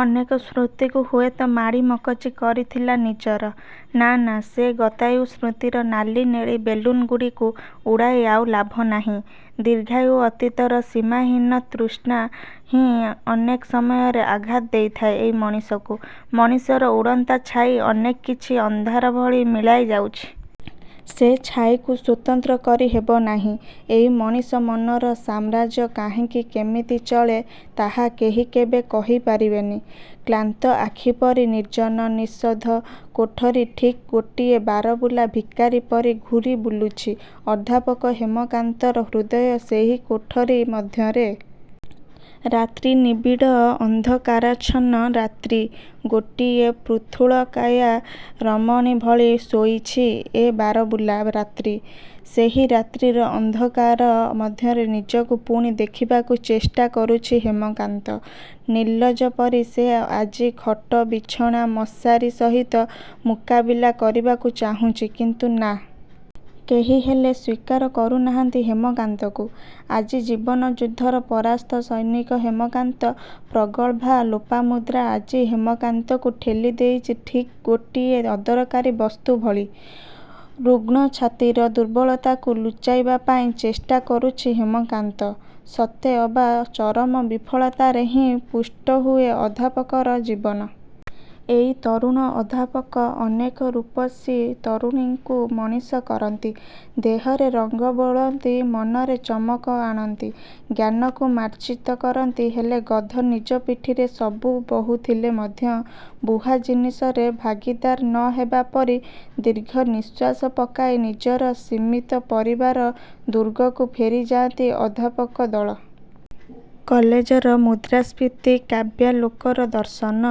ଅନେକ ସ୍ମୃତିକୁ ହୁଏତ ମାଡ଼ି ମକଚି କରିଥିଲା ନିଜର। ନାଁ ନାଁ ସେ ଗତାୟୁ ସ୍ମୃତିର ନାଲି ନେଳି ବେଲୁନ୍ ଗୁଡ଼ିକୁ ଉଡ଼ାଇ ଆଉ ଲାଭ ନାହିଁ-। ଦୀର୍ଘାୟୁ ଅତୀତର ସୀମାହୀନ ତୃଷ୍ଣା ହିଁ ଅନେକ ସମୟରେ ଆଘାତ ଦେଇଥାଏ ଏଇ ମଣିଷକୁ-। ମଣିଷର ଉଡ଼ନ୍ତା ଛାଇ ଅନେକ କିଛି ଅନ୍ଧାର ଭଳି ମିଳାଇ ଯାଉଛି। ସେ ଛାଇକୁ ସ୍ୱତନ୍ତ୍ର କରି ହେବନାହିଁ। ଏଇ ମଣିଷ ମନର ସାମ୍ରାଜ୍ୟ କାହିଁକି... କେମିତି ଚଳେ—ତାହା କେହି କେବେ କହି ପାରିବେନି। କ୍ଲାନ୍ତ ଆଖିପରି ନିର୍ଜନ, ନିଃଶବ୍ଦ କୋଠରୀ। ଠିକ୍ ଗୋଟିଏ ବାରବୁଲା ଭିକାରୀ ପରି ଘୁରି ବୁଲୁଛି ଅଧ୍ୟାପକ ହେମକାନ୍ତର ହୃଦୟ ସେହି କୋଠରୀ ମଧ୍ୟରେ। ରାତ୍ରି ନିବିଡ଼ ଅନ୍ଧକାରାଚ୍ଛନ୍ନ ରାତ୍ରି... ଗୋଟିଏ ପୃଥୁଳକାୟା ରମଣୀ ଭଳି ଶୋଇଛି ଏ ବାରବୁଲା ରାତ୍ରି। ସେହି ରାତ୍ରିର ଅନ୍ଧକାର ମଧ୍ୟରେ ନିଜକୁ ପୁଣି ଦେଖିବାକୁ ଚେଷ୍ଟା କରୁଛି ହେମକାନ୍ତ। ନିର୍ଲଜ ପରି ସେ ଆଜି ଖଟ, ବିଛଣା, ମଶାରୀ ସହିତ ମୁକାବିଲା କରିବାକୁ ଚାହୁଁଛି, କିନ୍ତୁ ନାଁ... କେହିହେଲେ ସ୍ୱୀକାର କରୁନାହାଁନ୍ତି ହେମକାନ୍ତକୁ। ଆଜି ଜୀବନ ଯୁଦ୍ଧର ପରାସ୍ତ ସୈନିକ ହେମକାନ୍ତ। ପ୍ରଗଳ୍ଭା ଲୋପାମୁଦ୍ରା ଆଜି ହେମକାନ୍ତକୁ ଠେଲି ଦେଇଛି—ଠିକ୍ ଗୋଟିଏ ଅଦରକାରୀ ବସ୍ତୁ ଭଳି। ରୁଗ୍ଣ ଛାତିର ଦୁର୍ବଳତାକୁ ଲୁଚାଇବାପାଇଁ ଚେଷ୍ଟା କରୁଛି ହେମକାନ୍ତ। ସତେ ଅବା ଚରମ ବିଫଳତାରେ ହିଁ ପୁଷ୍ଟ ହୁଏ ଅଧ୍ୟାପକର ଜୀବନ। ଏଇ ତରୁଣ ଅଧ୍ୟାପକ... ଅନେକ ରୂପସୀ ତରୁଣୀଙ୍କୁ ମଣିଷ କରନ୍ତି। ଦେହରେ ରଙ୍ଗ ବୋଳନ୍ତି। ମନରେ ଚମକ ଆଣନ୍ତି। ଜ୍ଞାନକୁ ମାର୍ଜିତ କରନ୍ତି। ହେଲେ ଗଧ ନିଜ ପିଠିରେ ସବୁ ବହୁଥିଲେ ମଧ୍ୟ, ବୁହା ଜିନିଷରେ ଭାଗୀଦାର ନ ହେବା ପରି, ଦୀର୍ଘ ନିଃଶ୍ୱାସ ପକାଇ ନିଜର ସୀମିତ ପରିବାର ଦୁର୍ଗକୁ ଫେରିଯାଆନ୍ତି ଅଧ୍ୟାପକ ଦଳ। କଲେଜର... ମୁଦ୍ରାସ୍ଫୀତି, କାବ୍ୟାଲୋକର ଦର୍ଶନ,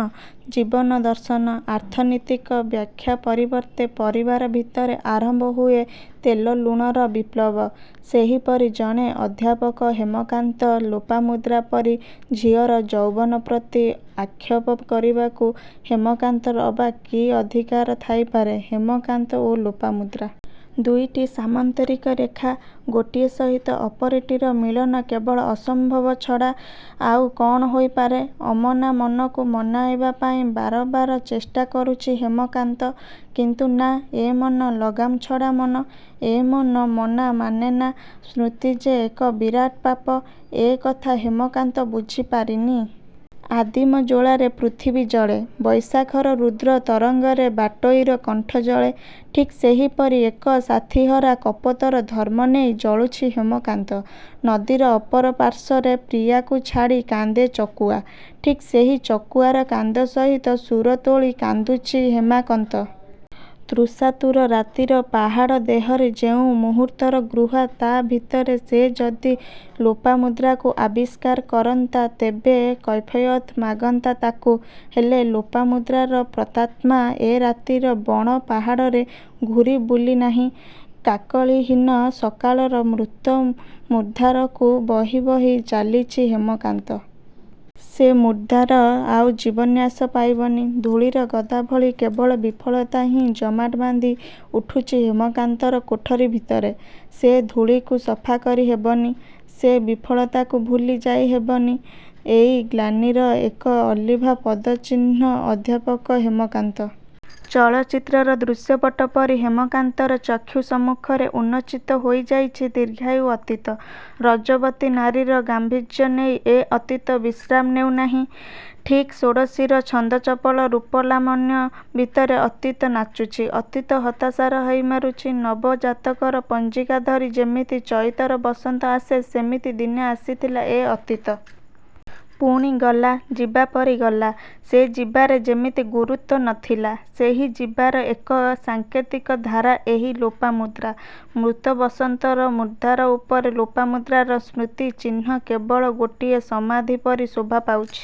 ଜୀବନ ଦର୍ଶନ, ଆର୍ଥନୀତିକ ବ୍ୟାଖ୍ୟା ପରିବର୍ତ୍ତେ ପରିବାର ଭିତରେ ଆରମ୍ଭ ହୁଏ ତେଲ ଲୁଣର ବିପ୍ଳବ। ସେହିପରି ଜଣେ ଅଧ୍ୟାପକ ହେମକାନ୍ତ। ଲୋପାମୁଦ୍ରା ପରି ଝିଅର ଯୌବନ ପ୍ରତି ଆକ୍ଷେପ କରିବାକୁ ହେମକାନ୍ତର ଅବା କି ଅଧିକାର ଥାଇପାରେ। ହେମକାନ୍ତ ଓ ଲୋପାମୁଦ୍ରା। ଦୁଇଟି ସାମନ୍ତରିକ ରେଖା। ଗୋଟିଏ ସହିତ ଅପରଟିର ମିଳନ କେବଳ ଅସମ୍ଭବ ଛଡ଼ା ଆଉ କ'ଣ ହୋଇପାରେ? ଅମନା ମନକୁ ମନାଇବା ପାଇଁ ବାରବାର ଚେଷ୍ଟା କରୁଛି ହେମକାନ୍ତ। କିନ୍ତୁ..। ନାଁ... ଏ ମନ ଲଗାମ୍ ଛଡ଼ା ମନ। ଏ ମନ ମନା ମାନେନା। ସ୍ମୃତି ଯେ ଏକ ବିରାଟ ପାପ, ଏ କଥା ହେମକାନ୍ତ ବୁଝି ପାରିନି। ଆଦିମ ଜ୍ୱଳାରେ ପୃଥିବୀ ଜଳେ। ବୈଶାଖର ରୁଦ୍ର ତରଙ୍ଗରେ ବାଟୋଇର କଣ୍ଠ ଜଳେ। ଠିକ୍ ସେହିପରି ଏକ ସାଥୀହରା କପୋତର ଧର୍ମ ନେଇ ଜଳୁଛି ହେମକାନ୍ତ। ନଦୀର ଅପର ପାର୍ଶ୍ୱରେ ପ୍ରିୟାକୁ ଛାଡ଼ି କାନ୍ଦେ ଚକୁଆ। ଠିକ୍ ସେହି ଚକୁଆର କାନ୍ଦ ସହିତ ସୁର ତୋଳି କାନ୍ଦୁଛି ହେମାକନ୍ତ। ତୃଷାତୁର ରାତିର ପାହାଡ଼ ଦେହରେ ଯେଉଁ ମୁହୂର୍ତ୍ତର ଗୃହା... ତା ଭିତରେ ସେ ଯଦି ଲୋପାମୁଦ୍ରାକୁ ଆବିଷ୍କାର କରନ୍ତା ତେବେ କୈଫୟତ୍ ମାଗନ୍ତା ତାକୁ-। ହେଲେ... ଲୋପାମୁଦ୍ରାର ପ୍ରତାତ୍ମା। ଏ ରାତିର ବଣ ପାହାଡ଼ରେ ଘୂରି ବୁଲିନାହିଁ। କାକଳୀହୀନ ସକାଳର ମୃତ ମୁର୍ଦ୍ଦାରକୁ ବହି ବହି ଚାଲିଛି ହେମକାନ୍ତ। ସେ ମୂର୍ଦ୍ଦାର ଆଉ ଜୀବନ୍ୟାସ ପାଇବନି-। ଧୂଳିର ଗଦା ଭଳି କେବଳ ବିଫଳତା ହିଁ ଜମାଟ ବାନ୍ଧି ଉଠୁଛି ହେମକାନ୍ତର କୋଠରୀ ଭିତରେ-। ସେ ଧୂଳିକୁ ସଫାକରି ହେବନି। ସେ ବିଫଳତାକୁ ଭୁଲି ଯାଇ ହେବନି। ଏଇ ଗ୍ଲାନିର ଏକ ଅଲିଭା ପଦଚିହ୍ନ ଅଧ୍ୟାପକ ହେମକାନ୍ତ। ଚଳଚିତ୍ରର ଦୃଶ୍ୟପଟ ପରି ହେମକାନ୍ତର ଚକ୍ଷୁ ସମ୍ମୁଖରେ ଉନ୍ନୋଚିତ ହୋଇଯାଉଛି ଦୀର୍ଘାୟୁ ଅତୀତ। ରଜୋବତୀ ନାରୀର ଗାମ୍ଭୀର୍ଯ୍ୟ ନେଇ ଏ ଅତୀତ ବିଶ୍ରାମ ନେଉନାହିଁ। ଠିକ୍ ଷୋଡ଼ଶୀର ଛନ୍ଦଚପଳ ରୂପଲାବଣ୍ୟ ଭିତରେ ଅତୀତ ନାଚୁଛି.. ଅତୀତ ହତାଶାର ହାଇ ମାରୁଛି। ନବ ଜାତକର ପଞ୍ଜିକା ଧରି ଯେମିତି ଚଇତର ବସନ୍ତ ଆସେ, ସେମିତି ଦିନେ ଆସିଥିଲା ଏ ଅତୀତ। ପୁଣି ଗଲା.. ଯିବାପରି ଗଲା। ସେ ଯିବାରେ ଯେମିତି ଗୁରୁତ୍ୱ ନ ଥିଲା। ସେହି ଯିବାର ଏକ ସାଙ୍କେତିକ ଧାରା ଏହି ଲୋପାମୁଦ୍ରା। ମୃତ ବସନ୍ତର ମୁର୍ଦ୍ଦାର ଉପରେ ଲୋପାମୁଦ୍ରାର ସ୍ମୃତି ଚିହ୍ନ କେବଳ ଗୋଟିଏ ସମାଧି ପରି ଶୋଭା ପାଉଛି।